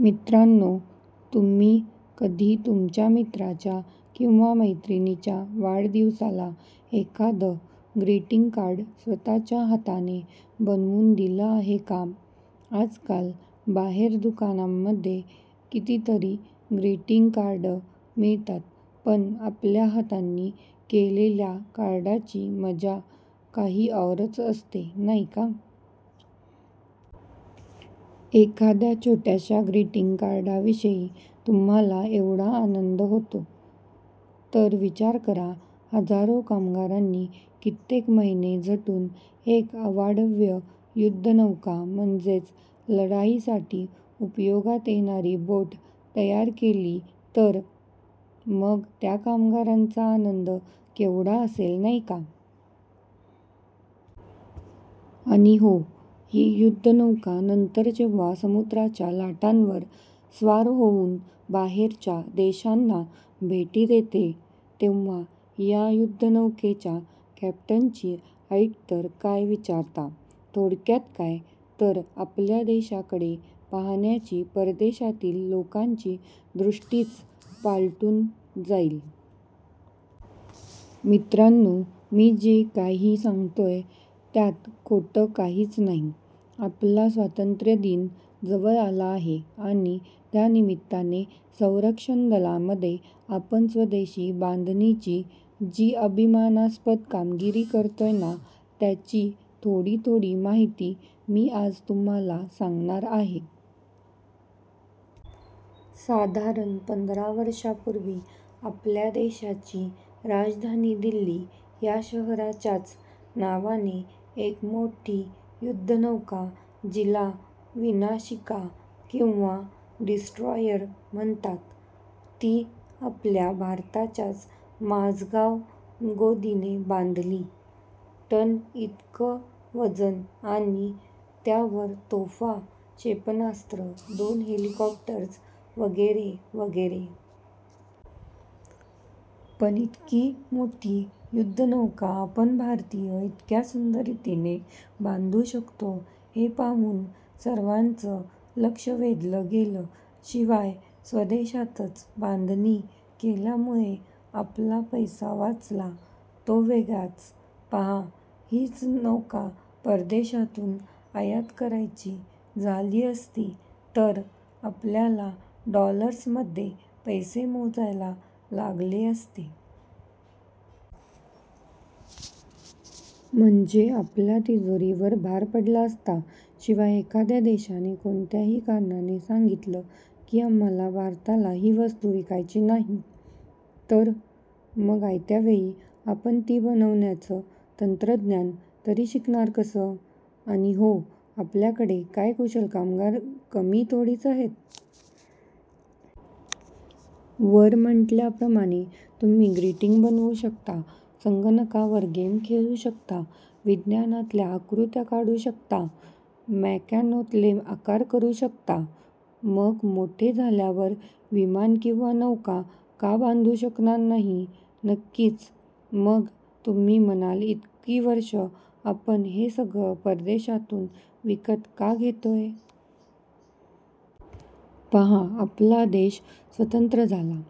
मित्रांनो, तुम्ही कधी तुमच्या मित्राच्या किंवा मैत्रिणीच्या वाढदिवसाला एखादं ग्रीटिंग कार्ड स्वतःच्या हाताने बनवून दिलं आहे का? आजकाल बाहेर दुकानांमध्ये कितीतरी ग्रीटिंग कार्ड मिळतात. पण आपल्या हातांनी केलेल्या कार्डाची मजा काही औरच असते नाही का. एखाद्या छोट्याशा ग्रीटिंग कार्डाविषयी तुम्हाला एवढा आनंद होतो, तर विचार करा, हजारो कामगारांनी कित्येक महिने झटून एक अवाढव्य युध्दनौका म्हणजेच लढाईसाठी उपयोगात येणारी बोट तयार केली तर? मग त्या कामगारांचा आनंद केवढा असेल, नाही का. आणि हो, ही युध्दनौका नंतर जेव्हा समुद्राच्या लाटांवर स्वार होऊन बाहेरच्या देशांना भेटी देते, तेव्हा या युध्दनौकेच्या कॅप्टनची ऐट तर काय विचारता. थोडक्यात काय, तर आपल्या देशाकडे पाहण्याची परदेशातील लोकांची दृष्टीच पालटून जाईल. मित्रांनो, मी जे काही सांगतोय, त्यात खोटं काहीच नाही. आपला स्वातंत्र्यदिन जवळ आला आहे आणि त्यानिमित्ताने संरक्षण दलांमध्ये आपण स्वदेशी बांधणीची जी अभिमानास्पद कामगिरी करतोय ना, त्याची थोडी थोडी माहिती मी आज तुम्हाला सांगणार आहे. साधारण पंधरा वर्षांपूर्वी आपल्या देशाची राजधानी दिल्ली या शहराच्याच नावाने एक मोठी युध्दनौका जिला विनाशिका किंवा डिस्ट्रॉयर म्हणतात, ती आपल्या भारताच्याच माझगाव गोदीने बांधली. टन इतकं वजन आणि त्यावर तोफा, क्षेपणास्त्र, दोन हेलिकॉप्टर्स वगैरे वगैरे. पण इतकी मोठी युध्दनौका आपण भारतीय इतक्या सुंदर रीतीने बांधू शकतो, हे पाहून सर्वांचं लक्ष वेधलं गेलं. शिवाय स्वदेशातच बांधणी केल्यामुळे आपला पैसा वाचला, तो वेगळाच. पहा, हीच नौका परदेशातून आयात करायची झाली असती, तर आपल्याला डॉलर्समध्ये पैसे मोजायला लागले असते. म्हणजे आपल्या तिजोरीवर भार पडला असता. शिवाय एखाद्या देशाने कोणत्याही कारणाने सांगितलं की आम्हाला भारताला ही वस्तू विकायची नाही, तर? मग आयत्या वेळी आपण ती बनवण्यचं तंत्रज्ञान तरी शिकणार कसं? आणि हो, आपल्याकडे काय कुशल कामगार कमी थोडेच आहेत. वर म्हटल्याप्रमाणे तुम्ही ग्रीटिंग बनवू शकता, संगणकावर गेम खेळू शकता, विज्ञानातल्या आकृत्या काढू शकता, मेकॅनोतले आकार करू शकता, मग मोठे झाल्यावर विमानं किंवा नौका का बांधू शकणार नाही. नक्कीच. मग तुम्ही म्हणाल, इतकी वर्षं आपण हे सगळं परदेशातून विकत का घेतोय. पहा, आपला देश स्वतंत्र झाला,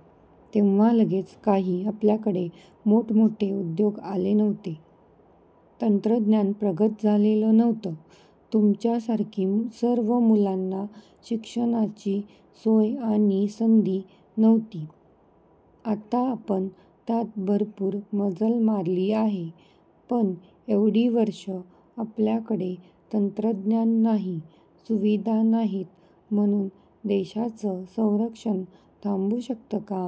तेव्हा लगेच काही आपल्याकडे मोठमोठे उद्योग आले नव्हते, तंत्रज्ञान प्रगत झालेलं नव्हतं, तुमच्यासारखी सर्व मुलांना शिक्षणाची सोय आणि संधी नव्हती. आता आपण त्यात भरपूर मजल मारली आहे. पण एवढी वर्ष आपल्याकडे तंत्रज्ञान नाही, सुविधा नाहीत, म्हणून देशाचं संरक्षण थांबू शकतं का.